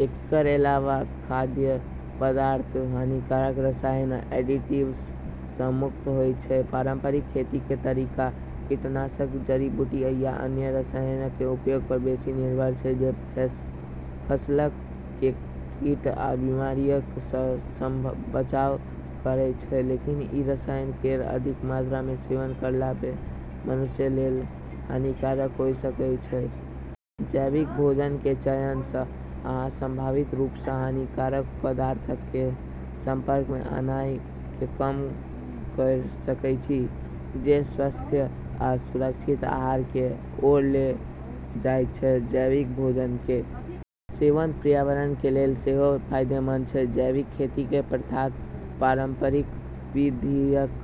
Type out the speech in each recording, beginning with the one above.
एकर अलावा जैविक खाद्य पदार्थ हानिकारक रसायन आ एडिटिव्स सं मुक्त होयत छै, पारंपरिक खेती कें तरीका कीटनाशक, जड़ी-बूटी आ अन्य रसायनक कें उपयोग पर बेसि निर्भर छै जे फसलक कें कीट आ बीमारियक सं बचाव करएयत छै, लेकिन ई रसायन केरऽ अधिक मात्रा मे सेवन करला पे मनुष्य लेली हानिकारक होय सकै छै। जैविक भोजन कें चयन सं, अहां संभावित रूप सं हानिकारक पदार्थक कें संपर्क मे आनाय कें कम कयर सकय छी जे स्वस्थ आ सुरक्षित आहार कें ओर ले जायत छै, जैविक भोजन कें सेवन पर्यावरण कें लेल सेहो फायदेमंद छै, जैविक खेती कें प्रथाक पारंपरिक विधियक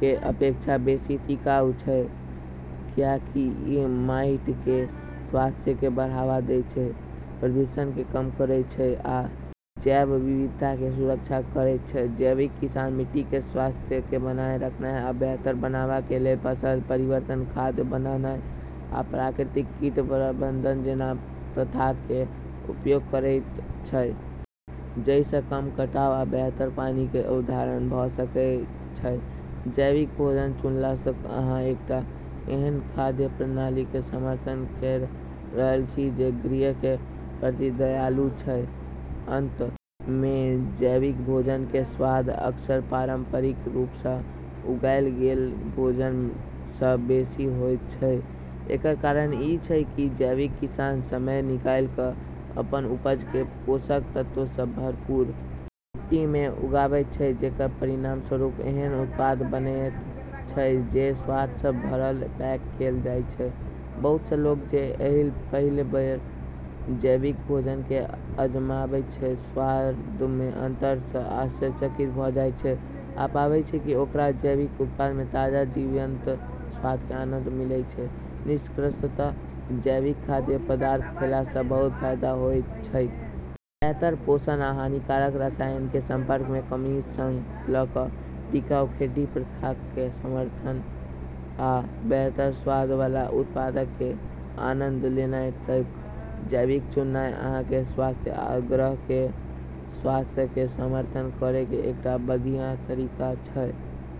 कें अपेक्षा बेसि टिकाऊ छै, कियाकि इ माइट कें स्वास्थ्य कें बढ़ावा देयत छै, प्रदूषण कें कम करयत छै आ जैव विविधता कें सुरक्षा करयत छै, जैविक किसान मिट्टी कें स्वास्थ्य कें बनाए रखनाय आ बेहतर बनावा कें लेल फसल परिवर्तन, खाद बनानाय आ प्राकृतिक कीट प्रबंधन जैना प्रथाक कें उपयोग करएयत छै जइ सं कम कटाव आ बेहतर पानी कें अवधारण भ सकएय छै, जैविक भोजन चुनला सं अहां एकटा एहन खाद्य प्रणाली कें समर्थन कयर रहल छी जे ग्रह कें प्रति दयालु छै, अंत मे जैविक भोजन कें स्वाद अक्सर पारंपरिक रूप सं उगाएल गेल भोजन सं बेसि होयत छै, एकर कारण इ छै की जैविक किसान समय निकाल क अपन उपज कें पोषक तत्व सं भरपूर मिट्टी मे उगाबैत छै जेकर परिणामस्वरूप एहन उत्पाद बनएयत छै जे स्वाद सं भरल पैक कैल जायत छै, बहुत सं लोग जे पहिल बेर जैविक भोजन कें आजमाबैत छै, स्वाद मे अंतर सं आश्चर्यचकित भ जायत छै आ पाबै छै कि ओकरा जैविक उत्पाद कें ताजा, जीवंत स्वाद कें आनंद मिलै छै, निष्कर्षतः जैविक खाद्य पदार्थ खयला सँ बहुत फायदा होइत छैक। बेहतर पोषण आ हानिकारक रसायन कें संपर्क मे कमी सं ल क टिकाऊ खेती प्रथाक कें समर्थन आ बेहतर स्वाद वाला उत्पादक कें आनंद लेनाय तइक, जैविक चुननाय अहां कें स्वास्थ्य आ ग्रह कें स्वास्थ्य कें समर्थन करय कें एकटा बढ़िया तरीका छै।